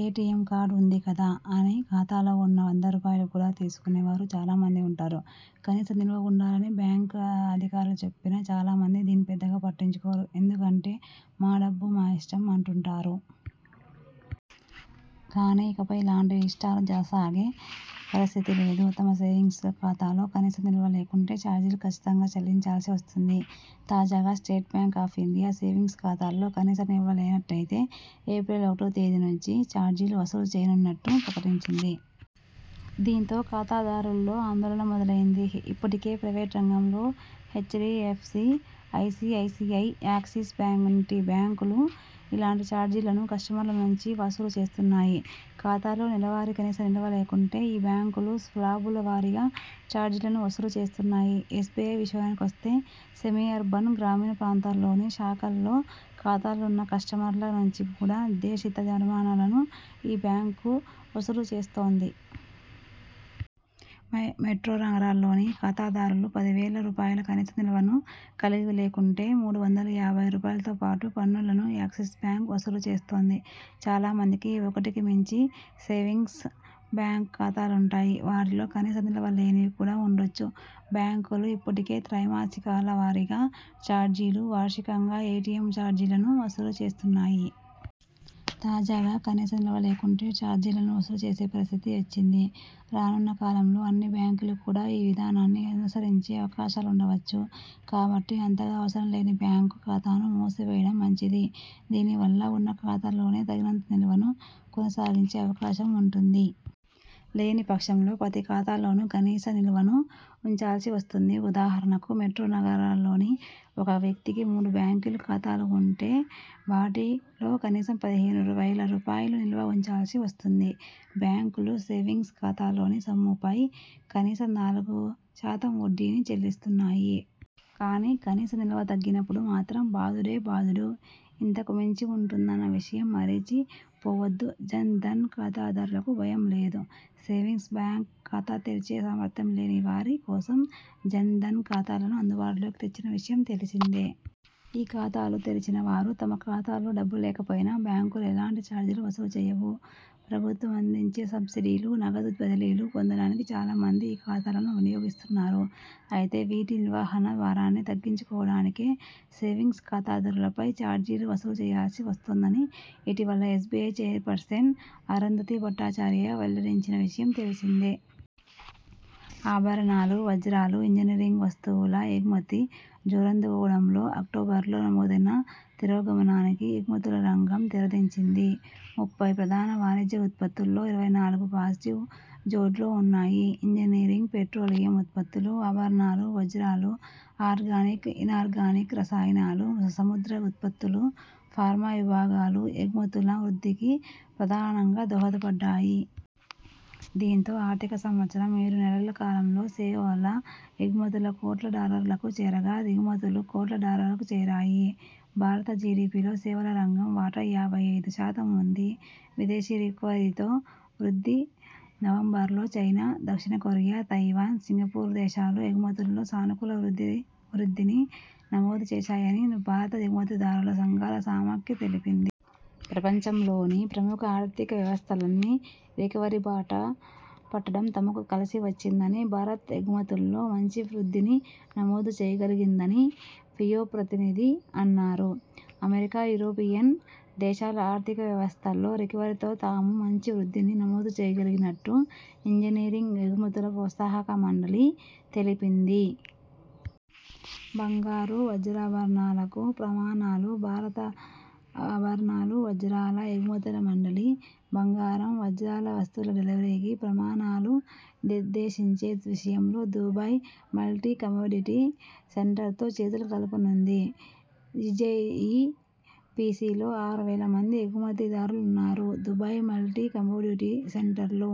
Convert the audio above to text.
ఎ T M card ఉంది కదా అని ఖాతాలో ఉన్న వంద రూపాయలు కూడా తీసుకునే వారు చాలా మంది ఉంటారు. కనీస నిల్వ ఉండాలని బ్యాంకు అధికారులు చెప్పినా చాలా మంది దీన్ని పెద్దగా పట్టించుకోరు. ఎందుకంటే మా డబ్బు మా ఇష్టం అంటుంటారు. కానీ ఇకపై ఇలాంటి ఇష్టాలు సాగే పరిస్థితి లేదు. తమ సేవింగ్స్ ఖాతాలో కనీస నిల్వ లేకుంటే చార్జీలు కచ్చితంగా చెల్లించాల్సి వస్తుంది. తాజాగా state bank of India savings ఖాతాల్లో కనీస నిల్వ లేనట్టయితే ఏప్రిల్ ఒకటో తేదీ నుంచి చార్జీలు వసూలు చేయనున్నట్టు ప్రకటించింది. దీంతో ఖాతాదారుల్లో ఆందోళన మొదలైంది. ఇప్పటికే ప్రైవేటు రంగంలోని హెచ్.డి.ఎఫ్.సి, ఐ.సి.ఐ.సి.ఐ, యాక్సిస్ వంటి బ్యాంకులు ఇలాంటి చార్జీలను కస్టమర్ల నుంచి వసూలు చేస్తున్నాయి. ఖాతాలో నెలవారీ కనీస నిల్వ లేకుంటే ఈ బ్యాంకులు స్లాబుల వారీగా చార్జీలను వసూలు చేస్తున్నాయి. ఎస్బిఐ విషయానికొస్తే, సెమీ అర్బన్, గ్రామీణ ప్రాంతాల్లోని శాఖల్లో ఖాతాలున్న కస్టమర్ల నుంచి కూడా నిర్దేశిత జరిమానాలను ఈ బ్యాంకు వసూలు చేస్తోంది. మెట్రో నగరాల్లోని ఖాతాదారులు పది వేల రూపాయల కనీస నిల్వను కలిగి లేకుంటే మూడు వందల యాభై రూపాయలతోపాటు పన్నులను యాక్సిస్ బ్యాంకు వసూలు చేస్తోంది. చాలా మందికి ఒకటికి మించి సేవింగ్స్ బ్యాంకు ఖాతాలుంటాయి. వాటిలో కనీస నిల్వ లేనివి కూడా ఉండొచ్చు. బ్యాంకులు ఇప్పటికే త్రైమాసికాల వారీగా చార్జీలు, వార్షికంగా ఎ టి ఎం చార్జీలను వసూలు చేస్తున్నాయి. తాజాగా కనీస నిల్వ లేకుంటే చార్జీలను వసూలు చేసే పరిస్థితి వచ్చింది. రానున్న కాలంలో అన్ని బ్యాంకులు కూడా ఈ విధానాన్ని అనుసరించే అవకాశాలుండవచ్చు. కాబట్టి అంతగా అవసరం లేని బ్యాంకు ఖాతాను మూసివేయడం మంచిది. దీని వల్ల ఉన్న ఖాతాలోనే తగినంత నిల్వను కొనసాగించే అవకాశం ఉంటుంది. లేని పక్షంలో ప్రతి ఖాతాలోనూ కనీస నిల్వను ఉంచాల్సి వస్తుంది. ఉదాహరణకు మెట్రో నగరాల్లోని ఒక వ్యక్తికి మూడు బ్యాంకు ఖాతాలు ఉంటే.. వాటిలో కనీసం పదిహేను వేల రూపాయల నిల్వ ఉంచాల్సి వస్తుంది. బ్యాంకులు సేవింగ్స్ ఖాతాలోని సొమ్ముపై కనీసం నాలుగు శాతం వడ్డీని చెల్లిస్తున్నాయి. కానీ కనీస నిల్వ తగ్గినప్పుడు మాత్రం బాదుడే బాదుడు, ఇంతకు మించి ఉంటుందన్న విషయం మరిచి పోవొద్దు. జన్ ధన్ ఖాతాదారులకు భయం లేదు. సేవింగ్స్ బ్యాంకు ఖాతా తెరిచే సామర్థ్యం లేని వారి కోసం జన్ ధన్ ఖాతాలను అందుబాటులోకి తెచ్చిన విషయం తెలిసిందే. ఈ ఖాతాలు తెరిచిన వారు తమ ఖాతాలో డబ్బు లేకపోయినా బ్యాంకులు ఎలాంటి చార్జీలను వసూలు చేయవు. ప్రభుత్వం అందించే సబ్సిడీలు, నగదు బదిలీలు పొందడానికి చాలా మంది ఈ ఖాతాలను వినియోగిస్తున్నారు. అయితే వీటి నిర్వహణ భారాన్ని తగ్గించుకోవడానికే సేవింగ్స్ ఖాతాదారులపై చార్జీలు వసూలు చేయాల్సి వస్తోందని ఇటీవల ఎస్బిఐ చైర్పర్సన్ అరుంధతీ భట్టాచార్య వెల్లడించిన విషయం తెలిసిందే. ఆభరణాలు, వజ్రాలు, ఇంజనీరింగ్ వస్తువుల ఎగుమతి జోరందుకోవడంతో అక్టోబరులో నమోదైన తిరోగమనానికి ఎగుమతుల రంగం తెరదించింది. ముప్పై ప్రధాన వాణిజ్య ఉత్పత్తుల్లో ఇరవై నాలుగు పాజిటివ్ జోడ్లో ఉన్నాయి. ఇంజనీరింగ్, పెట్రోలియం ఉత్పత్తులు, ఆభరణాలు, వజ్రాలు, ఆర్గానిక్, ఇనార్గానిక్ రసాయనాలు, సముద్ర ఉత్పత్తులు, ఫార్మా విభాగాలు ఎగుమతుల వృద్ధికి ప్రధానంగా దోహదపడ్డాయి. దీంతో ఆర్థిక సంవత్సరం ఏడు నెలల కాలంలో సేవల ఎగుమతులు కోట్ల డాలర్లకు చేరగా దిగుమతులు కోట్ల డాలర్లకు చేరాయి. భారత జిడిపిలో సేవల రంగం వాటా యాభై ఐదు శాతం ఉంది. విదేశీ రికవరీతోనే వృద్ధి నవంబరులో చైనా, దక్షిణ కొరియా, తైవాన్, సింగపూర్ దేశాలు ఎగుమతుల్లో సానుకూల వృద్ధిని నమోదు చేశాయని భారత ఎగుమతిదారుల సంఘాల సమాఖ్య తెలిపింది. ప్రపంచంలోని ప్రముఖ ఆర్థిక వ్యవస్థలన్నీ రికవరీ బాట పట్టడం తమకు కలిసి వచ్చిందని, భారత్ ఎగుమతుల్లో మంచి వృద్ధిని నమోదు చేయగలిగిందని ఫియో ప్రతినిధి అన్నారు. అమెరికా, యూరోపియన్ దేశాల ఆర్థిక వ్యవస్థల్లో రికవరీతో తాము మంచి వృద్ధిని నమోదు చేయగలిగినట్టు ఇంజనీరింగ్ ఎగుమతుల ప్రోత్సాహక మండలి తెలిపింది. బంగారు, వజ్రాభరణాలకు ప్రమాణాలు భారత ఆభరణాలు, వజ్రాల ఎగుమతుల మండలి బంగారం, వజ్రాల వస్తువుల డెలివరీకి ప్రమాణాలు నిర్దేశించే విషయంలో దుబాయ్ మల్టీ కమోడిటీ సెంటర్తో చేతులు కలపనుంది. G J E P C లో ఆరు వేల మంది ఎగుమతి దారులున్నారు. దుబాయ్ మల్టీ కమోడిటీ సెంటర్లో